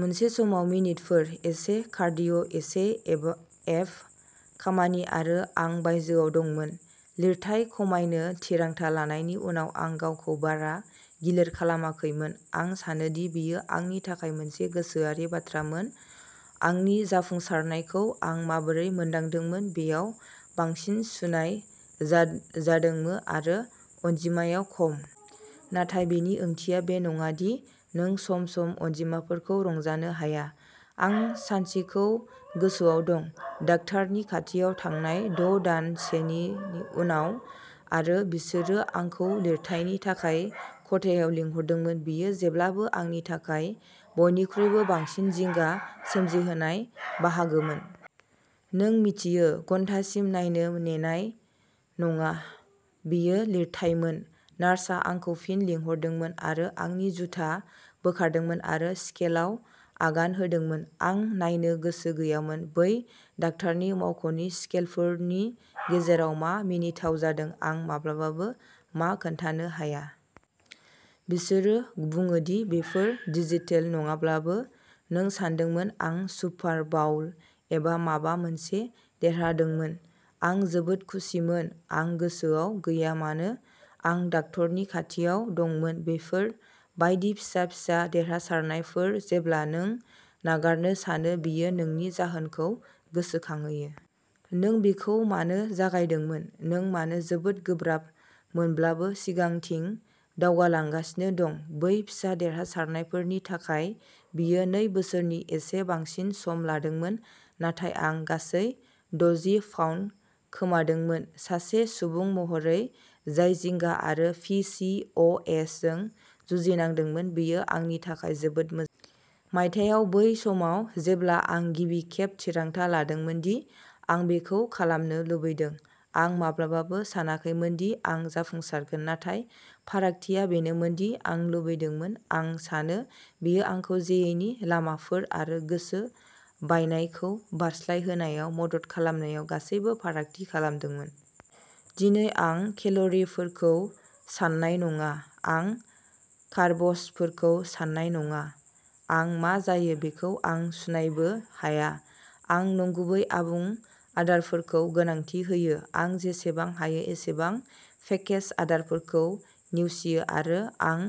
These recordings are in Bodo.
मोनसे समाव मिनिटफोर। एसे कारडिय', एसे एबो एब खामानि आरो आं बायजोआव दंमोन। लिरथाय खमायनो थिरांथा लानायनि उनाव आं गावखौ बारा गिलिर खालामाखैमोन। आं सानोदि बेयो आंनि थाखाय मोनसे गोसोआरि बाथ्रामोन। आंनि जाफुंसारनायखौ आं माबोरै मोनदांदोंमोन बेयाव बांसिन सुनाय जा जादोंमो आरो अनजिमायाव खम। नाथाय बेनि ओंथिया बे नङा दि नों सम-सम अनजिमाफोरखौ रंजानो हाया। आं सानसेखौ गोसोआव दं। दाकतारनि खाथियाव थांनाय द’ दान सेनि उनाव आरो बिसोरो आंखौ लिरथायनि थाखाय खथायाव लिंहरदोंमोन। बेयो जेब्लाबो आंनि थाखाय बयनिख्रुइबो बांसिन जिंगा सोमजिहोनाय बाहागोमोन। नों मिथियो घन्टासिम नायनो नेनाय नङा। बेयो लिरथायमोन। नार्सआ आंखौ फिन लिंहरदोंमोन आरो आंनि जुथा बोखारदोंमोन आरो स्केलआव आगान होदोंमोन। आं नायनो गोसो गैयामोन। बै दाकतारनि मावख'नि स्केलफोरनि गेजेराव मा मिनिथाव जादों आं माब्लाबाबो मा खोनथानो हाया। बिसोरो बुङो दि बेफोर डिजिटेल नङाब्लाबो। नों सानदोंमोन आं सुपार बाउल एबा माबा मोनसे देरहादोंमोन। आं जोबोद खुसिमोन। आं गोसोआव गैया मानो आं डाक्टारनि खाथियाव दंमोन। बेफोर बायदि फिसा फिसा देरहासारनायफोर जेब्ला नों नागारनो सानो बेयो नोंनि जाहोनखौ गोसोखांहोयो। नों बेखौ मानो जागायदोंमोन। नों मानो जोबोद गोब्राब मोनब्लाबो सिगांथिं दावगालांगासिनो दं। बै फिसा देरहासारनायफोरनि थाखाय। बेयो नै बोसोरनि एसे बांसिन सम लादोंमोन। नाथाय आं गासै दजि पाउन्द खोमादोंमोन। सासे सुबुं महरै जाय जिंगा आरो पि चि अ एस जों जुजिनांदोंमोन बेयो आंनि थाखाय जोबोद मो मायथाइयाव बै समाव जेब्ला आं गिबि खेब थिरांथा लादोंमोन दि आं बेखौ खालामनो लुबैदों। आं माब्लाबाबो सानाखैमोनदि आं जाफुंसारगोन। नाथाय फारागथिया बेनोमोनदि आं लुबैदोंमोन। आं सानो, बेयो आंखौ जेयेननि लामाफोर आरो गोसो बायनायखौ बारस्लायहोनायाव मदद खालामनायाव गासैबो फारागथि खालामदोंमोन। दिनै आं केल'रिफोरखौ साननाय नङा। आं कार्बसफोरखौ साननाय नङा। आं मा जायो बेखौ आं सुनायबो हाया। आं नंगुबै आबुं आदारफोरखौ गोनांथि होयो। आं जेसेबां हायो एसेबां पेकेज आदारफोरखौ नेवसियो आरो आं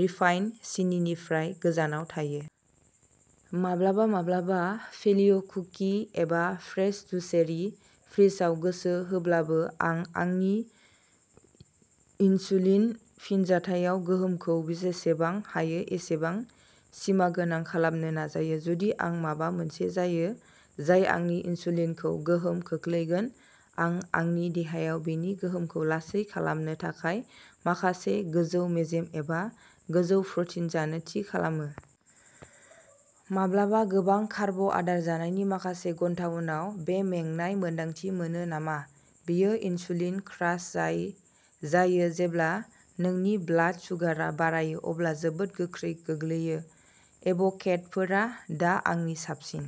रिफाइन्ड सिनिनिफ्राय गोजानाव थायो। माब्लाबा-माब्लाबा पेलिय'कुकि एबा प्रेस्ड जुसेरि फ्रिजआव गोसो होब्लाबो आं आंनि इनसुलिन फिनजाथायाव गोहोमखौ जेसेबां हायो एसेबां सिमागोनां खालामनो नाजायो। जुदि आं माबा मोनसे जायो जाय आंनि इनसुलिनखौ गोहोम खोख्लैगोन। आं आंनि देहायाव बेनि गोहोमखौ लासै खालामनो थाखाय माखासे गोजौ मेजेम एबा गोजौ प्रटिन जानो थि खालामो। माब्लाबा गोबां कार्ब' आदार जानायनि माखासे घन्टा उनाव बे मेंनाय मोन्दांथि मोनो नामा? बेयो इनसुलिन क्रास जाय जायो जेब्ला नोंनि ब्लाड सुगारआ बारायो अब्ला जोबोद गोख्रै गोग्लैयो। एभ'केडफोरा दा आंनि साबसिन।